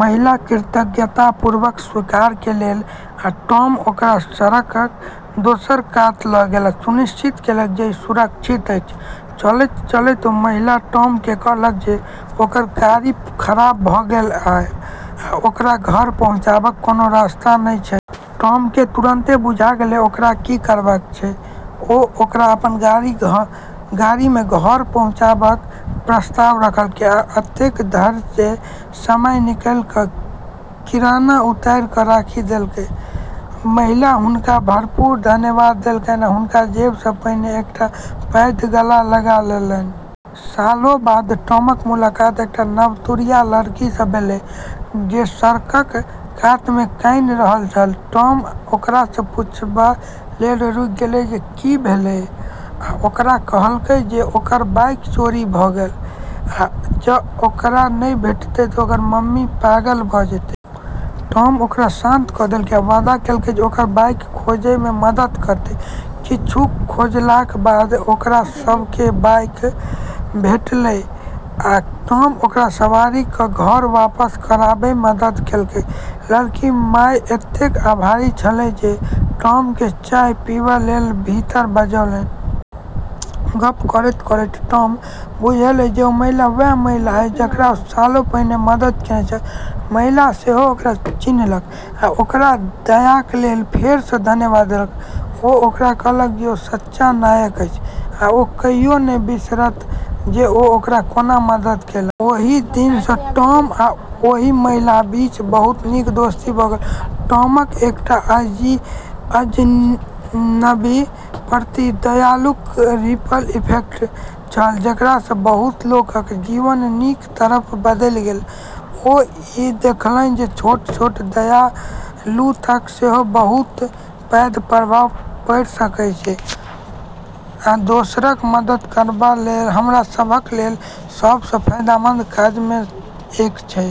महिला कृतज्ञतापूर्वक स्वीकार क’ लेलक, आ टॉम ओकरा सड़कक दोसर कात ल’ गेल आ सुनिश्चित कएलक जे ओ सुरक्षित अछि। चलैत-चलैत ओ महिला टॉमकेँ कहलक जे ओकर गाड़ी खराब भ’ गेल आ ओकरा घर पहुँचबाक कोनो रास्ता नहि छैक। टॉमकेँ तुरंते बुझाइ गेल जे ओकरा की करबाक छैक। ओ ओकरा अपन गाड़ीमे घर पहुँचेबाक प्रस्ताव रखलक, आ एतेक धरि जे समय निकालि क’ किराना उतारि क’ राखि देलक। महिला हुनका भरपूर धन्यवाद देलखिन आ हुनका जेबा सँ पहिने एकटा पैघ गल्ला लगा लेलनि। सालों बाद टॉमकेँ मुलाकात एकटा नवतुरिया लड़की सँ भेलैक जे सड़कक कातमे कानि रहल छल। टॉम ओकरा सँ पूछबा लेल रुकि गेल जे की भेलैक, आ ओ ओकरा कहलक जे ओकर बाइक चोरी भ’ गेल आ जँ ओकरा नहि भेटतैक तँ ओकर ममी पागल भ’ जेतै। टॉम ओकरा शांत क’ देलक आ वादा कएलक जे ओकर बाइक खोजबामे मदद करत। किछु खोजलाक बाद ओकरा सभकेँ बाइक भेटलैक आ टॉम ओकरा सवारी क’ घर वापसी करबामे मदद कएलक। लड़कीक माय एतेक आभारी छलीह जे टॉमकेँ चाह पीबा लेल भीतर बजौलनि। गप्प करैत-करैत टॉमकेँ बुझायल जे ओ महिला वैह महिला अछि जकरा ओ सालों पहिने मदद केने छल। महिला सेहो ओकरा चिन्हलक, आ ओकर दयाक लेल फेर सँ धन्यवाद देलक। ओ ओकरा कहलक जे ओ सच्चा नायक अछि, आ ओ कहियो नहि बिसरत जे ओ ओकरा कोना मदद कएलक। ओहि दिन सँ टॉम आ ओहि महिलाक बीच बहुत नीक दोस्ती भ’ गेल। टॉमका एकटा अजनबीक प्रति दयालुताक रिपल इफेक्ट छल जेकरा सँ बहुत लोकक जीवन नीक तरफ बदलि गेल। ओ ई देखौलनि जे छोट-छोट दयालुताक सेहो बहुत पैघ प्रभाव पड़ि सकैत अछि, आ दोसरक मदद करब हमरा सभक लेल सभ सँ फायदेमंद काजमे सँ एक अछि।